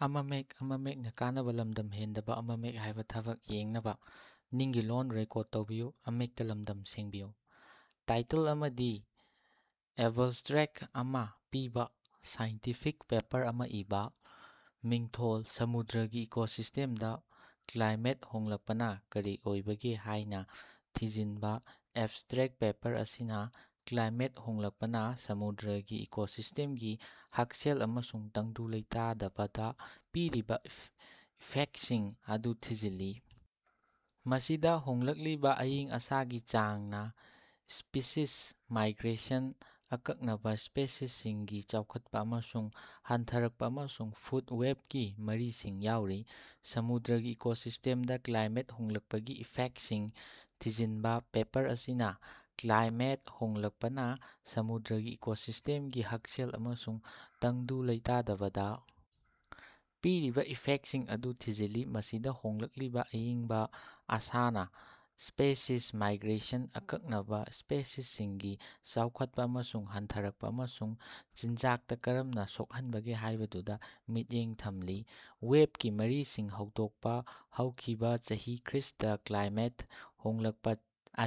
Title ꯑꯃꯗꯤ abstract ꯑꯃ ꯄꯤꯕꯥ ꯁꯥꯏꯟꯇꯤꯐꯤꯛ ꯄꯦꯄꯔ ꯑꯃ ꯏꯕ꯫ ꯃꯤꯡꯊꯣꯜ: ꯁꯃꯨꯗ꯭ꯔꯒꯤ ꯏꯀꯣꯁꯤꯁꯇꯦꯝꯗ ꯀ꯭ꯂꯥꯏꯃꯦꯠ ꯍꯣꯡꯂꯛꯄꯅ ꯀꯔꯤ ꯑꯣꯏꯕꯒꯦ ꯍꯥꯏꯅ ꯊꯤꯖꯤꯟꯕ꯫ ꯑꯦꯕꯁꯇ꯭ꯔꯦꯛ: ꯄꯦꯄꯔ ꯑꯁꯤꯅꯥ ꯀ꯭ꯂꯥꯏꯃꯦꯠ ꯍꯣꯡꯂꯛꯄꯅ ꯁꯃꯨꯗ꯭ꯔꯒꯤ ꯏꯀꯣꯁꯤꯁꯇꯦꯝꯁꯤꯡꯒꯤ ꯍꯛꯁꯦꯜ ꯑꯃꯁꯨꯡ ꯇꯪꯗꯨ ꯂꯩꯇꯥꯕꯗꯥ ꯄꯤꯔꯤꯕꯥ ꯏꯐꯦꯛꯇꯁꯤꯡ ꯑꯗꯨ ꯊꯤꯖꯤꯜꯂꯤ ꯃꯁꯤꯗꯥ ꯍꯣꯡꯂꯛꯂꯤꯕ ꯑꯏꯪ ꯑꯁꯥꯒꯤ ꯆꯥꯡꯅ ꯁꯄꯦꯁꯤꯁ ꯃꯥꯏꯒ꯭ꯔꯦꯁꯟ, ꯑꯀꯛꯅꯕꯥ ꯁꯄꯦꯁꯤꯁꯁꯤꯡꯒꯤ ꯆꯥꯎꯈꯠꯄ ꯑꯃꯁꯨꯡ ꯍꯟꯊꯔꯛꯄ ꯑꯃꯁꯨꯡ ꯐꯨꯗ ꯋꯦꯕꯀꯤ ꯃꯔꯤꯁꯤꯡ ꯌꯥꯎꯔꯤ꯫ ꯁꯃꯨꯗ꯭ꯔꯒꯤ ꯏꯀꯣꯁꯤꯁꯇꯦꯝꯗ ꯀ꯭ꯂꯥꯏꯃꯦꯠ ꯍꯣꯡꯂꯛꯄꯒꯤ ꯏꯐꯦꯛꯇꯁꯤꯡ ꯊꯤꯖꯤꯟꯕ: ꯄꯦꯄꯔ ꯑꯁꯤꯅ ꯀ꯭ꯂꯥꯏꯃꯦꯠ ꯍꯣꯡꯂꯛꯄꯅ ꯁꯃꯨꯗ꯭ꯔꯒꯤ ꯏꯀꯣꯁꯤꯁꯇꯦꯝꯁꯤꯡꯒꯤ ꯍꯛꯁꯦꯜ ꯑꯃꯁꯨꯡ ꯇꯪꯗꯨ ꯂꯩꯇꯥꯕꯗ ꯄꯤꯔꯤꯕꯥ ꯏꯐꯦꯛꯇꯁꯤꯡ ꯑꯗꯨ ꯊꯤꯖꯤꯜꯂꯤ ꯃꯁꯤꯗ ꯍꯣꯡꯂꯛꯂꯤꯕ ꯑꯢꯪꯕ ꯑꯁꯥꯅ ꯁ꯭ꯄꯦꯁꯤꯁ ꯃꯥꯏꯒ꯭ꯔꯦꯁꯟ, ꯑꯀꯛꯅꯕꯥ ꯁ꯭ꯄꯦꯁꯤꯁꯁꯤꯡꯒꯤ ꯆꯥꯎꯈꯠꯄꯥ ꯑꯃꯁꯨꯡ ꯍꯟꯊꯔꯛꯄ ꯑꯃꯁꯨꯡ ꯆꯤꯟꯖꯥꯛꯇ ꯀꯔꯝꯅ ꯁꯣꯛꯍꯟꯕꯒꯦ ꯍꯥꯢꯕꯗꯨꯗ ꯃꯤꯠꯌꯦꯡ ꯊꯝꯂꯤ꯫ ꯋꯦꯕꯀꯤ ꯃꯔꯤꯁꯤꯡ ꯍꯧꯗꯣꯛꯄ ꯍꯧꯈꯤꯕꯥ ꯆꯍꯤ ꯈꯔꯁꯤꯗ ꯀ꯭ꯂꯥꯏꯃꯦꯠ ꯍꯣꯡꯂꯛꯄ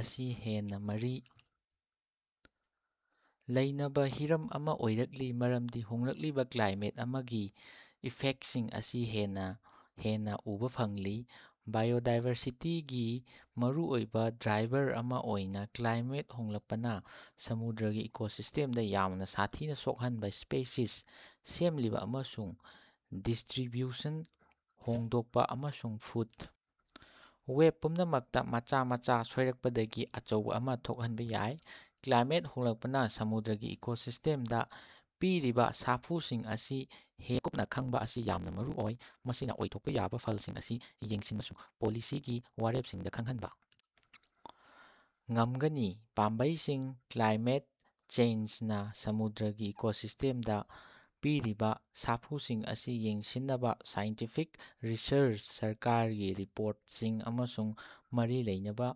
ꯑꯁꯤ ꯍꯦꯟꯅ ꯃꯔꯤ ꯂꯩꯅꯕ ꯍꯤꯔꯝ ꯑꯃ ꯑꯣꯏꯔꯛꯂꯤ ꯃꯔꯝꯗꯤ ꯍꯣꯡꯂꯛꯂꯤꯕ ꯀ꯭ꯂꯥꯏꯃꯦꯠ ꯑꯃꯒꯤ ꯏꯐꯦꯛꯇꯁꯤꯡ ꯑꯁꯤ ꯍꯦꯟꯅ ꯍꯦꯟꯅ ꯎꯕ ꯐꯪꯂꯤ꯫ ꯕꯥꯏꯑꯣꯗꯥꯏꯕꯔꯁꯤꯇꯤꯒꯤ ꯃꯔꯨꯑꯣꯏꯕ ꯗ꯭ꯔꯥꯏꯚꯔ ꯑꯃ ꯑꯣꯏꯅ ꯀ꯭ꯂꯥꯏꯃꯦꯠ ꯍꯣꯡꯂꯛꯄꯅ ꯁꯃꯨꯗ꯭ꯔꯒꯤ ꯏꯀꯣꯁꯤꯁꯇꯦꯝꯗ ꯌꯥꯝꯅ ꯁꯥꯊꯤꯅ ꯁꯣꯛꯍꯟꯕ ꯁꯄꯦꯁꯤꯁ ꯁꯦꯝꯂꯤꯕ ꯑꯃꯁꯨꯡ ꯗꯤꯁꯇ꯭ꯔꯤꯕ꯭ꯌꯨꯁꯟ ꯍꯣꯡꯗꯣꯛꯄ ꯑꯃꯁꯨꯡ ꯐꯨꯗ ꯋꯦꯕ ꯄꯨꯝꯅꯃꯛꯇ ꯃꯆꯥ ꯃꯆꯥ ꯁꯣꯏꯔꯛꯄꯗꯒꯤ ꯑꯆꯧꯕ ꯑꯃ ꯊꯣꯛꯍꯟꯕ ꯌꯥꯏ꯫ ꯀ꯭ꯂꯥꯏꯃꯦꯠ ꯍꯣꯡꯂꯛꯄꯅ ꯁꯃꯨꯗ꯭ꯔꯒꯤ ꯏꯀꯣꯁꯤꯁꯇꯦꯝꯗ ꯄꯤꯔꯤꯕꯥ ꯁꯥꯐꯨꯁꯤꯡ ꯑꯁꯤ ꯍꯦꯟꯅ ꯀꯨꯞꯅ ꯈꯪꯕꯥ ꯑꯁꯤ ꯌꯥꯝꯅ ꯃꯔꯨ ꯑꯣꯏ ꯃꯁꯤꯅꯥ ꯑꯣꯏꯊꯣꯛꯄ ꯌꯥꯕ ꯐꯜꯁꯤꯡ ꯑꯁꯤ ꯌꯦꯡꯁꯤꯟꯕ ꯑꯃꯁꯨꯡ ꯄꯣꯂꯤꯁꯤꯒꯤ ꯋꯥꯔꯦꯞꯁꯤꯡꯗ ꯈꯪꯍꯟꯕ ꯉꯝꯒꯅꯤ꯫ ꯄꯥꯝꯕꯩꯁꯤꯡ ꯀ꯭ꯂꯥꯏꯃꯦꯠ ꯆꯦꯟꯖꯅ ꯁꯃꯨꯗ꯭ꯔꯒꯤ ꯏꯀꯣꯁꯤꯁꯇꯦꯞꯗ ꯄꯤꯔꯤꯕ ꯁꯥꯐꯨꯁꯤꯡ ꯑꯁꯤ ꯌꯦꯡꯁꯤꯟꯅꯕ ꯁꯥꯏꯟꯇꯤꯐꯤꯛ ꯔꯤꯁꯔꯆ ꯁꯔꯀꯥꯔꯒꯤ ꯔꯤꯄꯣꯔꯇꯁꯤꯡ ꯑꯃꯁꯨꯡ ꯃꯔꯤ ꯂꯩꯅꯕ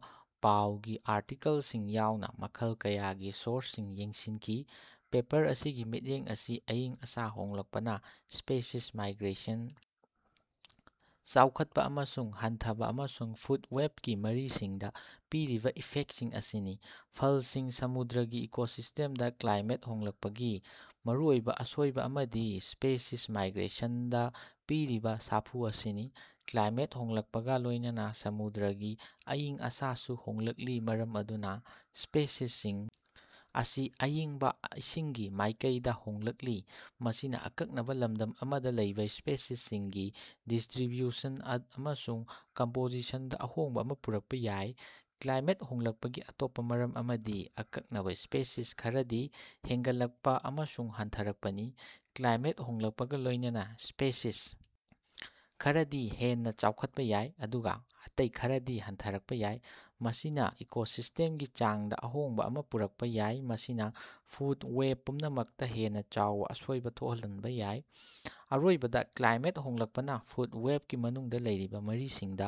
ꯄꯥꯎꯒꯤ ꯑꯥꯔꯇꯤꯀꯜꯁꯤꯡ ꯌꯥꯎꯅ ꯃꯈꯜ ꯀꯌꯥꯒꯤ ꯁꯣꯔꯁꯁꯤꯡ ꯌꯦꯡꯁꯤꯟꯈꯤ꯫ ꯄꯦꯄꯔ ꯑꯁꯤꯒꯤ ꯃꯤꯠꯌꯦꯡ ꯑꯁꯤ ꯑꯏꯪ ꯑꯁꯥ ꯍꯣꯡꯂꯛꯄꯅ ꯁꯄꯦꯁꯤꯁ ꯃꯥꯏꯒ꯭ꯔꯦꯁꯟ, ꯆꯥꯎꯈꯠꯄ ꯑꯃꯁꯨꯡ ꯍꯟꯊꯕ ꯑꯃꯁꯨꯡ ꯐꯨꯗ ꯋꯦꯕꯀꯤ ꯃꯔꯤꯁꯤꯡꯗ ꯄꯤꯔꯤꯕꯥ ꯏꯐꯦꯛꯇꯁꯤꯡ ꯑꯁꯤꯅꯤ꯫ ꯐꯜꯁꯤꯡ ꯁꯃꯨꯗ꯭ꯔꯒꯤ ꯏꯀꯣꯁꯤꯁꯇꯦꯝꯗ ꯀ꯭ꯂꯥꯏꯃꯦꯠ ꯍꯣꯡꯂꯛꯄꯒꯤ ꯃꯔꯨꯑꯣꯏꯕ ꯑꯁꯣꯏꯕ ꯑꯃꯗꯤ ꯁꯄꯦꯁꯤꯁ ꯃꯥꯏꯒ꯭ꯔꯦꯁꯟꯗ ꯄꯤꯔꯤꯕꯥ ꯁꯥꯐꯨ ꯑꯁꯤꯅꯤ꯫ ꯀ꯭ꯂꯥꯏꯃꯦꯠ ꯍꯣꯡꯂꯛꯄꯒ ꯂꯣꯢꯅꯅꯥ ꯁꯃꯨꯗ꯭ꯔꯒꯤ ꯑꯏꯪ ꯑꯁꯥꯁꯨ ꯍꯣꯡꯂꯛꯂꯤ ꯃꯔꯝ ꯑꯗꯨꯅ ꯁꯄꯦꯁꯤꯁꯁꯤꯡ ꯑꯁꯤ ꯑꯏꯪꯕ ꯏꯁꯤꯡꯒꯤ ꯃꯥꯢꯀꯩꯗꯥ ꯍꯣꯡꯂꯛꯂꯤ꯫ ꯃꯁꯤꯅꯥ ꯑꯀꯛꯅꯕꯥ ꯂꯝꯗꯝ ꯑꯃꯗ ꯂꯩꯕ ꯁꯄꯦꯁꯤꯁꯁꯤꯡꯒꯤ ꯗꯤꯁꯇ꯭ꯔꯤꯕ꯭ꯌꯨꯁꯟ ꯑꯃꯁꯨꯡ ꯀꯝꯄꯣꯖꯤꯁꯟꯗ ꯑꯍꯣꯡꯕ ꯑꯃ ꯄꯨꯔꯛꯄ ꯌꯥꯏ꯫ ꯀ꯭ꯂꯥꯏꯃꯦꯠ ꯍꯣꯡꯂꯛꯄꯒꯤ ꯑꯇꯣꯞꯄ ꯃꯔꯝ ꯑꯃꯗꯤ ꯑꯀꯛꯅꯕ ꯁꯄꯦꯁꯤꯁ ꯈꯔꯗꯤ ꯍꯦꯟꯒꯠꯂꯛꯄꯥ ꯑꯃꯁꯨꯡ ꯍꯟꯊꯔꯛꯄꯅꯤ꯫ ꯀ꯭ꯂꯥꯏꯃꯦꯠ ꯍꯣꯡꯂꯛꯄꯒ ꯂꯣꯢꯅꯅꯥ ꯁꯄꯦꯁꯤꯁ ꯈꯔꯗꯤ ꯍꯦꯟꯅ ꯆꯥꯎꯈꯠꯄ ꯌꯥꯏ ꯑꯗꯨꯒ ꯑꯇꯩ ꯈꯔꯗꯤ ꯍꯟꯊꯔꯛꯄ ꯌꯥꯏ꯫ ꯃꯁꯤꯅꯥ ꯏꯀꯣꯁꯤꯁꯇꯦꯝꯒꯤ ꯆꯥꯡꯗ ꯑꯍꯣꯡꯕ ꯑꯃ ꯄꯨꯔꯛꯄ ꯌꯥꯏ ꯃꯁꯤꯅ ꯐꯨꯗ ꯋꯦꯕ ꯄꯨꯝꯅꯃꯛꯇ ꯍꯦꯟꯅ ꯆꯥꯎꯕ ꯑꯁꯣꯏꯕ ꯊꯣꯛꯍꯟꯕ ꯌꯥꯏ꯫ ꯑꯔꯣꯏꯕꯗ ꯀ꯭ꯂꯥꯏꯃꯦꯠ ꯍꯣꯡꯂꯛꯄꯅ ꯐꯨꯗ ꯋꯦꯕꯀꯤ ꯃꯅꯨꯡꯗ ꯂꯩꯔꯤꯕ ꯃꯔꯤꯁꯤꯡꯗ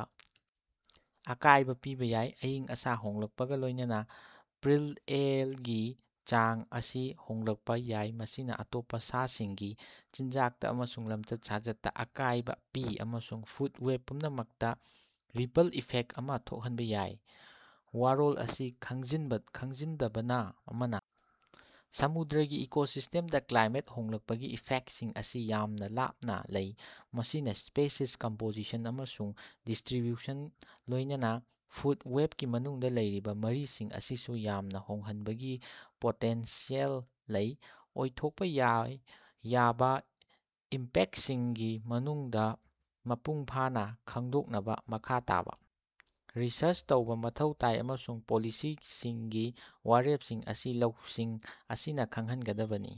ꯑꯀꯥꯢꯕ ꯄꯤꯕꯥ ꯌꯥꯏ꯫ ꯑꯏꯪ ꯑꯁꯥ ꯍꯣꯡꯂꯛꯄꯒ ꯂꯣꯢꯅꯅ ꯄ꯭ꯔꯤ-ꯑꯦꯜꯒꯤ ꯆꯥꯡ ꯑꯁꯤ ꯍꯣꯡꯂꯛꯄ ꯌꯥꯏ ꯃꯁꯤꯅꯥ ꯑꯇꯣꯞꯄ ꯁꯥꯁꯤꯡꯒꯤ ꯃꯆꯤꯟꯖꯥꯛꯇ ꯑꯃꯁꯨꯡ ꯂꯃꯆꯠ-ꯁꯥꯖꯠꯇ ꯑꯀꯥꯢꯕꯥ ꯄꯤ ꯑꯃꯁꯨꯡ ꯐꯨꯗ ꯋꯦꯕ ꯄꯨꯝꯅꯃꯛꯇ ꯔꯤꯄꯜ ꯏꯐꯦꯛꯇ ꯑꯃ ꯊꯣꯛꯍꯟꯕ ꯌꯥꯏ꯫ ꯋꯥꯔꯣꯜ ꯑꯁꯤ ꯈꯪꯖꯤꯟꯒꯗꯕ ꯑꯃꯅ ꯁꯃꯨꯗ꯭ꯔꯒꯤ ꯏꯀꯣꯁꯤꯁ꯭ꯇꯦꯝꯗ ꯀ꯭ꯂꯥꯏꯃꯦꯠ ꯍꯣꯡꯂꯛꯄꯒꯤ ꯏꯐꯦꯛꯇꯁꯤꯡ ꯑꯁꯤ ꯌꯥꯝꯅ ꯂꯥꯞꯅ ꯂꯩ ꯃꯁꯤꯅꯥ ꯁꯄꯦꯁꯤꯁ ꯀꯝꯄꯣꯖꯤꯁꯟ ꯑꯃꯁꯨꯡ ꯗꯤꯁꯇ꯭ꯔꯤꯕ꯭ꯌꯨꯁꯟ ꯂꯣꯢꯅꯅꯥ ꯐꯨꯗ ꯋꯦꯕꯀꯤ ꯃꯅꯨꯡꯗꯥ ꯂꯩꯔꯤꯕꯥ ꯃꯔꯤꯁꯤꯡ ꯑꯁꯤꯁꯨ ꯌꯥꯝꯅ ꯍꯣꯡꯍꯟꯕꯒꯤ ꯄꯣꯇꯦꯟꯁꯤꯑꯦꯜ ꯂꯩ꯫ ꯑꯣꯏꯊꯣꯛꯄ ꯌꯥꯕ ꯏꯝꯄꯦꯛꯇꯁꯤꯡ ꯃꯄꯨꯡ ꯐꯥꯅ ꯈꯡꯗꯣꯛꯅꯕ ꯃꯈꯥ ꯇꯥꯕꯥ ꯔꯤꯁꯔꯆ ꯇꯧꯕꯥ ꯃꯊꯧ ꯇꯥꯏ ꯑꯃꯁꯨꯡ ꯄꯣꯂꯤꯁꯤꯒꯤ ꯋꯥꯔꯦꯞꯁꯤꯡ ꯑꯁꯤ ꯂꯧꯁꯤꯡ ꯑꯁꯤꯅ ꯈꯡꯍꯟꯒꯗꯕꯅꯤ꯫